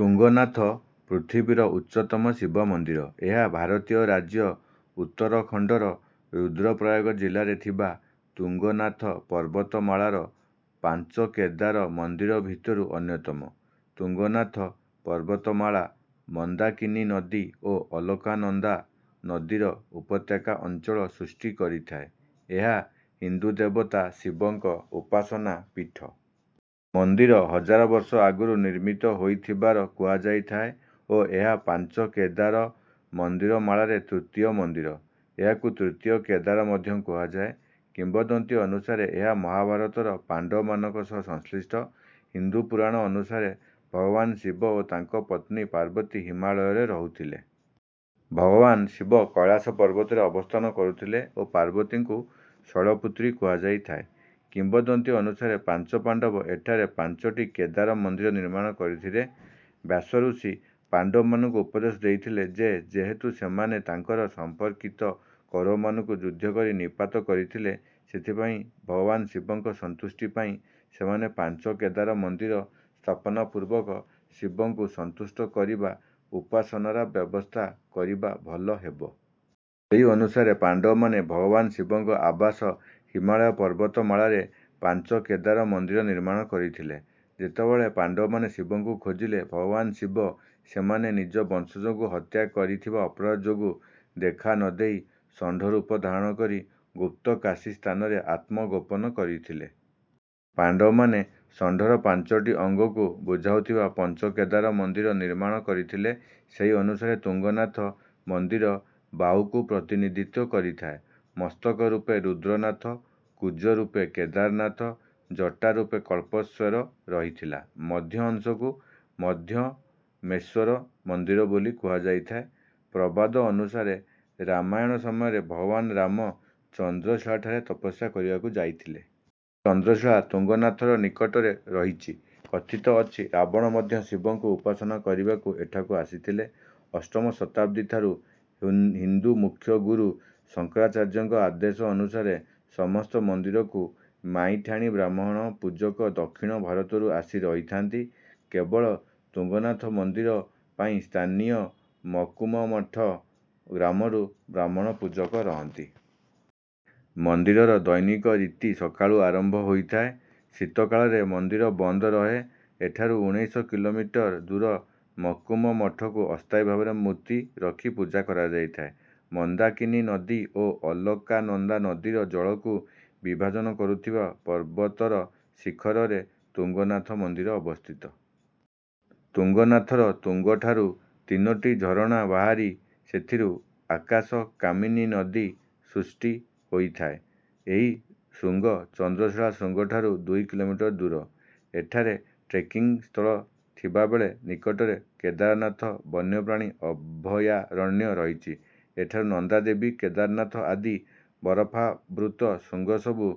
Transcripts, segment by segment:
ତୁଙ୍ଗନାଥ, ପୃଥିବୀର ଉଚ୍ଚତମ ଶିବ ମନ୍ଦିର। ଏହା ଭାରତୀୟ ରାଜ୍ୟ ଉତ୍ତରଖଣ୍ଡର ରୁଦ୍ରପ୍ରୟାଗ ଜିଲ୍ଲାରେ ଥିବା ତୁଙ୍ଗନାଥ ପର୍ବତମାଳାର ପାଞ୍ଚ କେଦାର ମନ୍ଦିର ଭିତରୁ ଅନ୍ୟତମ। ତୁଙ୍ଗନାଥ ପର୍ବତମାଳା ମନ୍ଦାକିନୀ ନଦୀ ଓ ଅଳକାନନ୍ଦା ନଦୀର ଉପତ୍ୟକା ଅଞ୍ଚଳ ସୃଷ୍ଟି କରିଥାଏ। ଏହା ହିନ୍ଦୁ ଦେବତା ଶିବଙ୍କ ଉପାସନା ପୀଠ। ମନ୍ଦିର ହଜାର ବର୍ଷ ଆଗରୁ ନିର୍ମିତ ହୋଇଥିବାର କୁହାଯାଇଥାଏ ଓ ଏହା ପାଞ୍ଚ କେଦାର ମନ୍ଦିରମାଳାରେ ତୃତୀୟ ମନ୍ଦିର। ଏହାକୁ ତୃତୀୟ କେଦାର ମଧ୍ୟ କୁହାଯାଏ। କିମ୍ବଦନ୍ତୀ ଅନୁସାରେ ଏହା ମହାଭାରତର ପାଣ୍ଡବମାନଙ୍କ ସହ ସଂଶ୍ଳିଷ୍ଟ। ହିନ୍ଦୁ ପୁରାଣ ଅନୁସାରେ ଭଗବାନ ଶିବ ଓ ତାଙ୍କ ପତ୍ନୀ ପାର୍ବତୀ ହିମାଳୟରେ ରହୁଥିଲେ। ଭଗବାନ ଶିବ କୈଲାସ ପର୍ବତରେ ଅବସ୍ଥାନ କରୁଥିଲେ ଓ ପାର୍ବତୀଙ୍କୁ ଶୈଳପୁତ୍ରୀ କୁହାଯାଇଥାଏ। କିମ୍ବଦନ୍ତୀ ଅନୁସାରେ ପାଞ୍ଚ ପାଣ୍ଡବ ଏଠାରେ ପାଞ୍ଚଟି କେଦାର ମନ୍ଦିର ନିର୍ମାଣ କରିଥିଲେ। ବ୍ୟାସ ଋଷି ପାଣ୍ଡବମାନଙ୍କୁ ଉପଦେଶ ଦେଇଥିଲେ ଯେ ଯେହେତୁ ସେମାନେ ତାଙ୍କର ସମ୍ପର୍କିତ କୌରବମାନଙ୍କୁ ଯୁଦ୍ଧ କରି ନିପାତ କରିଥିଲେ, ସେଥିପାଇଁ ଭଗବାନ ଶିବଙ୍କ ସନ୍ତୁଷ୍ଟି ପାଇଁ ସେମାନେ ପାଞ୍ଚ କେଦାର ମନ୍ଦିର ସ୍ଥାପନା ପୂର୍ବକ ଶିବଙ୍କୁ ସନ୍ତୁଷ୍ଟ କରିବା ଉପାସନାର ବ୍ୟବସ୍ଥା କରିବା ଭଲ ହେବ। ସେହି ଅନୁସାରେ ପାଣ୍ଡବମାନେ ଭଗବାନ ଶିବଙ୍କ ଆବାସ ହିମାଳୟ ପର୍ବତମାଳାରେ ପାଞ୍ଚ କେଦାର ମନ୍ଦିର ନିର୍ମାଣ କରିଥିଲେ। ଯେତେବେଳେ ପାଣ୍ଡବମାନେ ଶିବଙ୍କୁ ଖୋଜିଲେ, ଭଗବାନ ଶିବ ସେମାନେ ନିଜ ବଂଶଜଙ୍କୁ ହତ୍ୟା କରିଥିବା ଅପରାଧ ଯୋଗୁଁ ଦେଖା ନ ଦେଇ ଷଣ୍ଢରୂପ ଧାରଣ କରି ଗୁପ୍ତକାଶୀ ସ୍ଥାନରେ ଆତ୍ମଗୋପନ କରିଥିଲେ। ପାଣ୍ଡବମାନେ ଷଣ୍ଢର ପାଞ୍ଚଟି ଅଙ୍ଗକୁ ବୁଝାଉଥିବା ପଞ୍ଚକେଦାର ମନ୍ଦିର ନିର୍ମାଣ କରିଥିଲେ। ସେହି ଅନୁସାରେ ତୁଙ୍ଗନାଥ ମନ୍ଦିର ବାହୁକୁ ପ୍ରତିନିଧିତ୍ୱ କରିଥାଏ। ମସ୍ତକ ରୂପେ ରୁଦ୍ରନାଥ, କୁଜ ରୂପେ କେଦାରନାଥ, ଜଟା ରୂପେ କଳ୍ପେଶ୍ୱର ରହିଥିଲା। ମଧ୍ୟ ଅଂଶକୁ ମଧ୍ୟମେଶ୍ୱର ମନ୍ଦିର ବୋଲି କୁହାଯାଇଥାଏ। ପ୍ରବାଦ ଅନୁସାରେ ରାମାୟଣ ସମୟରେ ଭଗବାନ ରାମ ଚନ୍ଦ୍ରଶିଳାଠାରେ ତପସ୍ୟା କରିବାକୁ ଯାଇଥିଲେ। ଏହି ଚନ୍ଦ୍ରଶିଳା ତୁଙ୍ଗନାଥର ନିକଟରେ ରହିଛି। କଥିତ ଅଛି, ରାବଣ ମଧ୍ୟ ଶିବଙ୍କୁ ଉପାସନା କରିବାକୁ ଏଠାକୁ ଆସିଥିଲେ। ଅଷ୍ଟମ ଶତାବ୍ଦୀଠାରୁ ହିନ୍ଦୁ ମୁଖ୍ୟ ଗୁରୁ ଶଙ୍କରାଚାର୍ଯ୍ୟଙ୍କ ଆଦେଶ ଅନୁସାରେ ସମସ୍ତ ମନ୍ଦିରକୁ ମାଇଠାଣି ବ୍ରାହ୍ମଣ ପୂଜକ ଦକ୍ଷିଣ ଭାରତରୁ ଆସି ରହିଥାନ୍ତି। କେବଳ ତୁଙ୍ଗନାଥ ମନ୍ଦିର ପାଇଁ ସ୍ଥାନୀୟ ମକୁମମଠ ଗ୍ରାମରୁ ବ୍ରାହ୍ମଣ ପୂଜକ ରହନ୍ତି। ମନ୍ଦିରର ଦୈନିକ ରୀତି ସକାଳୁ ଆରମ୍ଭ ହୋଇଥାଏ। ଶୀତକାଳରେ ମନ୍ଦିର ବନ୍ଦ ରହେ ଓ ଏଠାରୁ ଉଣାଇଶ କିଲୋମିଟର ଦୂର ମକୁମମଠକୁ ଅସ୍ଥାୟୀ ଭାବରେ ମୂର୍ତ୍ତି ରଖି ପୂଜା କରାଯାଇଥାଏ। ମନ୍ଦାକିନୀ ନଦୀ ଓ ଅଳକାନନ୍ଦା ନଦୀର ଜଳକୁ ବିଭାଜନ କରୁଥିବା ପର୍ବତର ଶିଖରରେ ତୁଙ୍ଗନାଥ ମନ୍ଦିର ଅବସ୍ଥିତ। ତୁଙ୍ଗନାଥର ତୁଙ୍ଗଠାରୁ ତିନୋଟି ଝରଣା ବାହାରି ସେଥିରୁ ଆକାଶକାମିନୀ ନଦୀ ସୃଷ୍ଟି ହୋଇଥାଏ। ଏହି ଶୃଙ୍ଗ ଚନ୍ଦ୍ରଶିଳା ଶୃଙ୍ଗଠାରୁ ଦୁଇ କିଲୋମିଟର ଦୂର। ଏଠାରେ ଟ୍ରେକିଂ ସ୍ଥଳ ଥିବା ବେଳେ ନିକଟରେ କେଦାରନାଥ ବନ୍ୟପ୍ରାଣୀ ଅଭୟାରଣ୍ୟ ରହିଛି। ଏଠାରୁ ନନ୍ଦାଦେବୀ, କେଦାରନାଥ ଆଦି ବରଫାବୃତ ଶୃଙ୍ଗସବୁ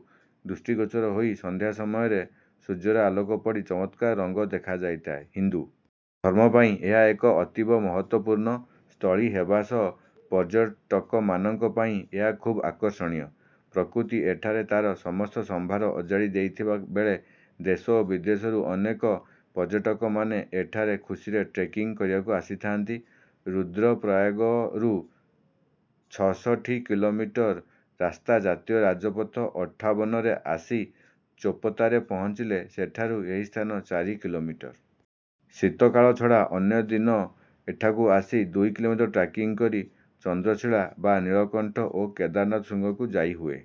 ଦୃଷ୍ଟିଗୋଚର ହୋଇ ସନ୍ଧ୍ୟା ସମୟରେ ସୂର୍ଯ୍ୟର ଆଲୋକ ପଡ଼ି ଚମତ୍କାର ରଙ୍ଗ ଦେଖାଯାଇଥାଏ। ହିନ୍ଦୁ ଧର୍ମ ପାଇଁ ଏହା ଏକ ଅତୀବ ମହତ୍ତ୍ୱପୂର୍ଣ୍ଣ ସ୍ଥଳୀ ହେବା ସହ ପର୍ଯ୍ୟଟକମାନଙ୍କ ପାଇଁ ଏହା ଖୁବ୍ ଆକର୍ଷଣୀୟ। ପ୍ରକୃତି ଏଠାରେ ତାର ସମସ୍ତ ସମ୍ଭାର ଅଜାଡ଼ି ଦେଇଥିବା ବେଳେ ଦେଶ ଓ ବିଦେଶରୁ ଅନେକ ପର୍ଯ୍ୟଟକମାନେ ଏଠାରେ ଖୁସିରେ ଟ୍ରେକିଂ କରିବାକୁ ଆସିଥାନ୍ତି। ରୁଦ୍ରପ୍ରୟାଗରୁ ଛଷଠି କିଲୋମିଟର ରାସ୍ତା ଜାତୀୟ ରାଜପଥ ଅଠାବନରେ ଆସି ଚୋପତାରେ ପହଞ୍ଚିଲେ, ସେଠାରୁ ଏହି ସ୍ଥାନ ଚାରି କିଲୋମିଟର। ଶୀତକାଳ ଛଡ଼ା ଅନ୍ୟ ଦିନ ଏଠାକୁ ଆସି ଦୁଇ କିଲୋମିଟର ଟ୍ରେକିଂ କରି ଚନ୍ଦ୍ରଶିଳା ବା ନୀଳକଣ୍ଠ ଓ କେଦାରନାଥ ଶୃଙ୍ଗକୁ ଯାଇହୁଏ।